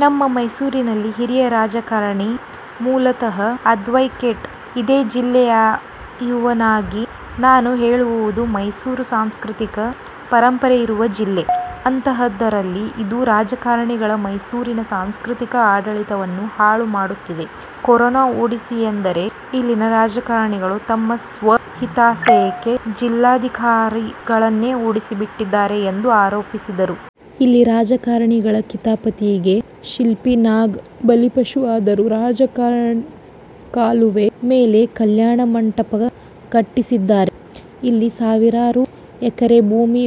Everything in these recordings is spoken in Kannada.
ನಾನು ಮೈಸೂರಿನ ಹಿರಿಯ ರಾಜಕಾರಣಿ, ಮೂಲತಃ ಅಡ್ವೊಕೇಟ್, ಇದೇ ಜಿಲ್ಲೆಯವನಾಗಿ ನಾನು ಹೇಳುವುದು ಮೈಸೂರು ಸಾಂಸ್ಕೃತಿಕ, ಪರಂಪರೆ ಇರುವ ಜಿಲ್ಲೆ. ಅಂತಹುದರಲ್ಲಿ ಇಂದು ರಾಜಕಾರಣಿಗಳು ಮೈಸೂರಿನ ಸಾಂಸ್ಕೃತಿಕ ಆಡಳಿತವನ್ನು ಹಾಳು ಮಾಡುತ್ತಿದ್ದಾರೆ. ಕೊರೋನಾ ಓಡಿಸಿ ಎಂದರೆ ಇಲ್ಲಿನ ರಾಜಕಾರಣಿಗಳು ತಮ್ಮ ಸ್ವ ಹಿತಾಸಕ್ತಿಗೆ ಜಿಲ್ಲಾಧಿಕಾರಿಗಳನ್ನೇ ಓಡಿಸಿಬಿಟ್ಟಿದ್ದಾರೆ ಎಂದು ಆರೋಪಿಸಿದರು. ಇಲ್ಲಿ ರಾಜಕಾರಣಿಗಳ ಕಿತಾಪತಿಗೆ ಶಿಲ್ಪಾ ನಾಗ್ ಬಲಿಪಶುವಾದರು. ರಾಜಕಾಲುವೆ ಮೇಲೆ ಕಲ್ಯಾಣ ಮಂಟಪ ಕಟ್ಟಿಸಿದ್ದಾರೆ, ಇಲ್ಲಿ ಸಾವಿರಾರು ಎಕರೆ ಭೂಮಿ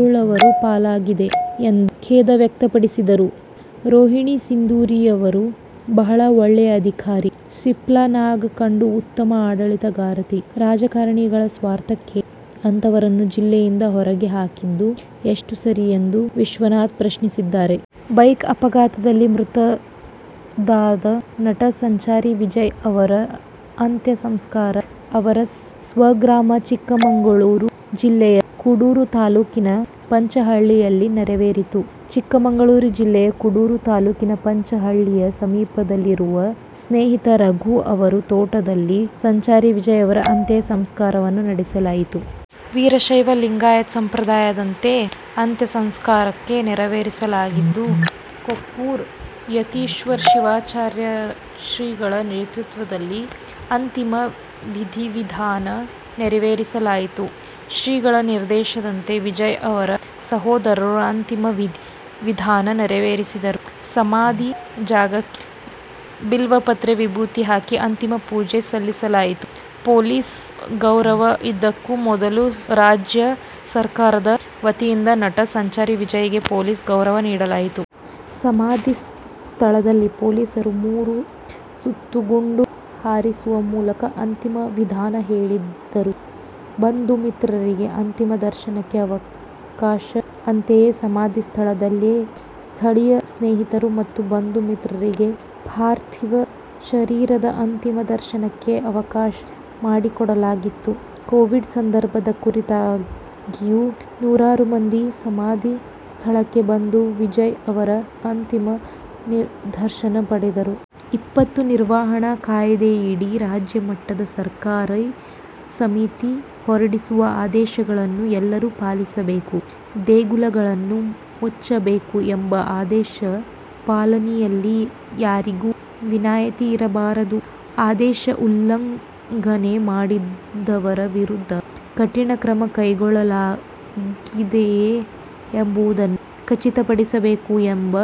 ಉಳ್ಳವರ ಪಾಲಾಗಿದೆ ಎಂದು ಖೇದ ವ್ಯಕ್ತಪಡಿಸಿದರು. ರೋಹಿಣಿ ಸಿಂಧೂರಿಯವರು ಬಹಳ ಒಳ್ಳೆಯ ಅಧಿಕಾರಿ, ಶಿಲ್ಪಾ ನಾಗ್ ಕೂಡ ಉತ್ತಮ ಆಡಳಿತಗಾರ್ತಿ, ರಾಜಕಾರಣಿಗಳ ಸ್ವಾರ್ಥಕ್ಕೆ ಅಂತವರನ್ನು ಜಿಲ್ಲೆಯಿಂದ ಹೊರಗೆ ಹಾಕಿದ್ದು ಎಷ್ಟು ಸರಿ ಎಂದು ವಿಶ್ವನಾಥ್ ಪ್ರಶ್ನಿಸಿದ್ದಾರೆ. ಬೈಕ್ ಅಪಘಾತದಲ್ಲಿ ಮೃತರಾದ ನಟ ಸಂಚಾರಿ ವಿಜಯ್ ಅವರ ಅಂತ್ಯ ಸಂಸ್ಕಾರ ಅವರ ಸ್ವಗ್ರಾಮ ಚಿಕ್ಕಮಗಳೂರು ಜಿಲ್ಲೆಯ ಕಡೂರು ತಾಲ್ಲೂಕಿನ ಪಂಚನಹಳ್ಳಿಯಲ್ಲಿ ನೆರವೇರಿತು. ಚಿಕ್ಕಮಗಳೂರು ಜಿಲ್ಲೆಯ ಕಡೂರು ತಾಲ್ಲೂಕಿನ ಪಂಚನಹಳ್ಳಿಯ ಸಮೀಪದಲ್ಲಿರುವ ಸ್ನೇಹಿತ ರಘು ಅವರ ತೋಟದಲ್ಲಿ ಸಂಚಾರಿ ವಿಜಯ್ ಅವರ ಅಂತ್ಯ ಸಂಸ್ಕಾರವನ್ನು ನೆರವೇರಿಸಲಾಯಿತು. ವೀರಶೈವ ಲಿಂಗಾಯತ ಸಂಪ್ರದಾಯದಂತೆ ಅಂತ್ಯ ಸಂಸ್ಕಾರ ನೆರವೇರಿಸಲಾಗಿದ್ದು, ಕುಪ್ಪೂರು ಯತೀಶ್ವರ ಶಿವಾಚಾರ್ಯ ಶ್ರೀಗಳ ನೇತೃತ್ವದಲ್ಲಿ ಅಂತಿಮ ವಿಧಿವಿಧಾನ ನೆರವೇರಿಸಲಾಯಿತು. ಶ್ರೀಗಳ ನಿರ್ದೇಶನದಂತೆ ವಿಜಯ್ ಅವರ ಸಹೋದರರು ಅಂತಿಮ ವಿಧಿ ವಿಧಾನ ನೆರವೇರಿಸಿದರು. ಸಮಾಧಿ ಜಾಗಕ್ಕೆ ಬಿಲ್ವಪತ್ರೆ ವಿಭೂತಿ ಹಾಕಿ ಅಂತಿಮ ಪೂಜೆ ಸಲ್ಲಿಸಲಾಯಿತು. ಪೊಲೀಸ್ ಗೌರವ ಇದಕ್ಕೂ ಮೊದಲು ರಾಜ್ಯ ಸರ್ಕಾರದ ವತಿಯಿಂದ ನಟ ಸಂಚಾರಿ ವಿಜಯ್ ಗೆ ಪೊಲೀಸ್ ಗೌರವ ನೀಡಲಾಯಿತು. ಸಮಾಧಿ ಸ್ಥಳದಲ್ಲಿ ಪೊಲೀಸರು ಮೂರು ಸುತ್ತು ಗುಂಡು ಹಾರಿಸುವ ಮೂಲಕ ಅಂತಿಮ ವಿದಾಯ ಹೇಳಿದರು. ಬಂಧುಮಿತ್ರರಿಗೆ ಅಂತಿಮ ದರ್ಶನಕ್ಕೆ ಅವಕಾಶ ಅಂತೆಯೇ ಸಮಾಧಿ ಸ್ಥಳದಲ್ಲೇ ಸ್ಥಳೀಯ ಸ್ನೇಹಿತರು ಮತ್ತು ಬಂಧು ಮಿತ್ರರಿಗೆ ಪಾರ್ಥೀವ ಶರೀರದ ಅಂತಿಮ ದರ್ಶನಕ್ಕೆ ಅವಕಾಶ ಮಾಡಿಕೊಡಲಾಗಿತ್ತು. ಕೋವಿಡ್ ನಿರ್ಬಂಧದ ಹೊರತಾಗಿಯೂ ನೂರಾರು ಮಂದಿ ಸಮಾಧಿ ಸ್ಥಳಕ್ಕೆ ಬಂದು ವಿಜಯ್ ಅವರ ಅಂತಿಮ ದರ್ಶನ ಪಡೆದರು. ವಿಪತ್ತು ನಿರ್ವಹಣಾ ಕಾಯ್ದೆಯಡಿ ರಾಜ್ಯ ಮಟ್ಟದ ಕಾರ್ಯಕಾರಿ ಸಮಿತಿ ಹೊರಡಿಸುವ ಆದೇಶಗಳನ್ನು ಎಲ್ಲರೂ ಪಾಲಿಸಬೇಕು. ದೇಗುಲಗಳನ್ನು ಮುಚ್ಚಬೇಕು ಎಂಬ ಆದೇಶ ಪಾಲನೆಯಲ್ಲಿ ಯಾರಿಗೂ ವಿನಾಯಿತಿ ಇರಬಾರದು, ಆದೇಶ ಉಲ್ಲಂಘನೆ ಮಾಡಿದವರ ವಿರುದ್ಧ ಕಠಿಣ ಕ್ರಮ ಕೈಗೊಳ್ಳಲಾಗಿದೆಯೇ ಎಂಬುದನ್ನು ಖಚಿತಪಡಿಸಬೇಕು ಎಂಬ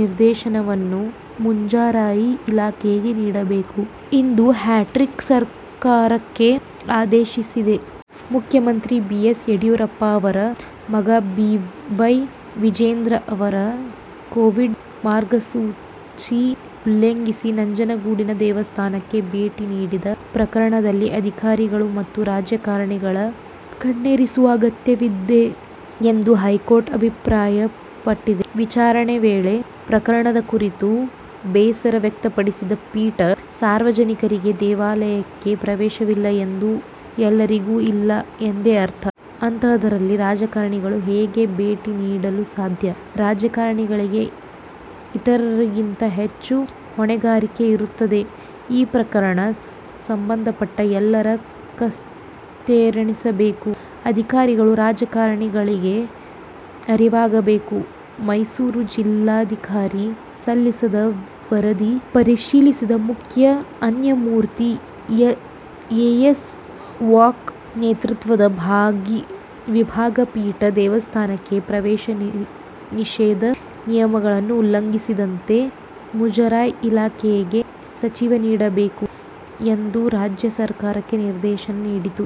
ನಿರ್ದೇಶನವನ್ನು ಮುಜರಾಯಿ ಇಲಾಖೆಗೆ ನೀಡಬೇಕು' ಎಂದು ಹೈಕೋರ್ಟ್ ಸರ್ಕಾರಕ್ಕೆ ಆದೇಶಿಸಿದೆ.. ಮುಖ್ಯಮಂತ್ರಿ ಬಿ. ಎಸ್. ಯಡಿಯೂರಪ್ಪ ಅವರ ಮಗ ಬಿ. ವೈ. ವಿಜಯೇಂದ್ರ ಅವರು ಕೋವಿಡ್ ಮಾರ್ಗಸೂಚಿ ಉಲ್ಲಂಘಿಸಿ ನಂಜನಗೂಡಿನ ದೇವಸ್ಥಾನಕ್ಕೆ ಭೇಟಿ ನೀಡಿದ್ದ ಪ್ರಕರಣದಲ್ಲಿ ಅಧಿಕಾರಿಗಳು ಮತ್ತು ರಾಜಕಾರಣಿಗಳ ಕಣ್ತೆರೆಸುವ ಅಗತ್ಯವಿದೆ ಎಂದು ಹೈಕೋರ್ಟ್ ಅಭಿಪ್ರಾಯಪಟ್ಟಿದೆ. ವಿಚಾರಣೆ ವೇಳೆ ಪ್ರಕರಣದ ಕುರಿತು ಬೇಸರ ವ್ಯಕ್ತಪಡಿಸಿದ ಪೀಠ, ಸಾರ್ವಜನಿಕರಿಗೆ ದೇವಾಲಯಕ್ಕೆ ಪ್ರವೇಶವಿಲ್ಲ ಎಂದರೆ ಯಾರಿಗೂ ಇಲ್ಲ ಎಂದೇ ಅರ್ಥ. ಅಂತಹದ್ದರಲ್ಲಿ ರಾಜಕಾರಣಿಗಳು ಹೇಗೆ ಭೇಟಿ ನೀಡಲು ಸಾಧ್ಯ. ರಾಜಕಾರಣಿಗಳಿಗೆ ಇತರರಿಗಿಂತ ಹೆಚ್ಚು ಹೊಣೆಗಾರಿಕೆಯಿರುತ್ತದೆ. ಈ ಪ್ರಕರಣ ಸಂಬಂಧಪಟ್ಟ ಎಲ್ಲರ ಕಣ್ತೆರೆಸಬೇಕು. ಅಧಿಕಾರಿಗಳು, ರಾಜಕಾರಣಿಗಳಿಗೆ ಅರಿವಾಗಬೇಕು. ಮೈಸೂರು ಜಿಲ್ಲಾಧಿಕಾರಿ ಸಲ್ಲಿಸಿದ್ದ ವರದಿ ಪರಿಶೀಲಿಸಿದ ಮುಖ್ಯ ನ್ಯಾಯಮೂರ್ತಿ ಎ. ಎಸ್. ಓಕಾ ನೇತೃತ್ವದ ವಿಭಾಗೀಯ ಪೀಠ, ದೇವಸ್ಥಾನಕ್ಕೆ ಪ್ರವೇಶ ನಿಷೇಧ ನಿಯಮಗಳನ್ನು ಉಲ್ಲಂಘಿಸದಂತೆ ಮುಜರಾಯಿ ಇಲಾಖೆಗೆ ಸೂಚನೆ ನೀಡಬೇಕು' ಎಂದು ರಾಜ್ಯ ಸರ್ಕಾರಕ್ಕೆ ನಿರ್ದೇಶನ ನೀಡಿತು.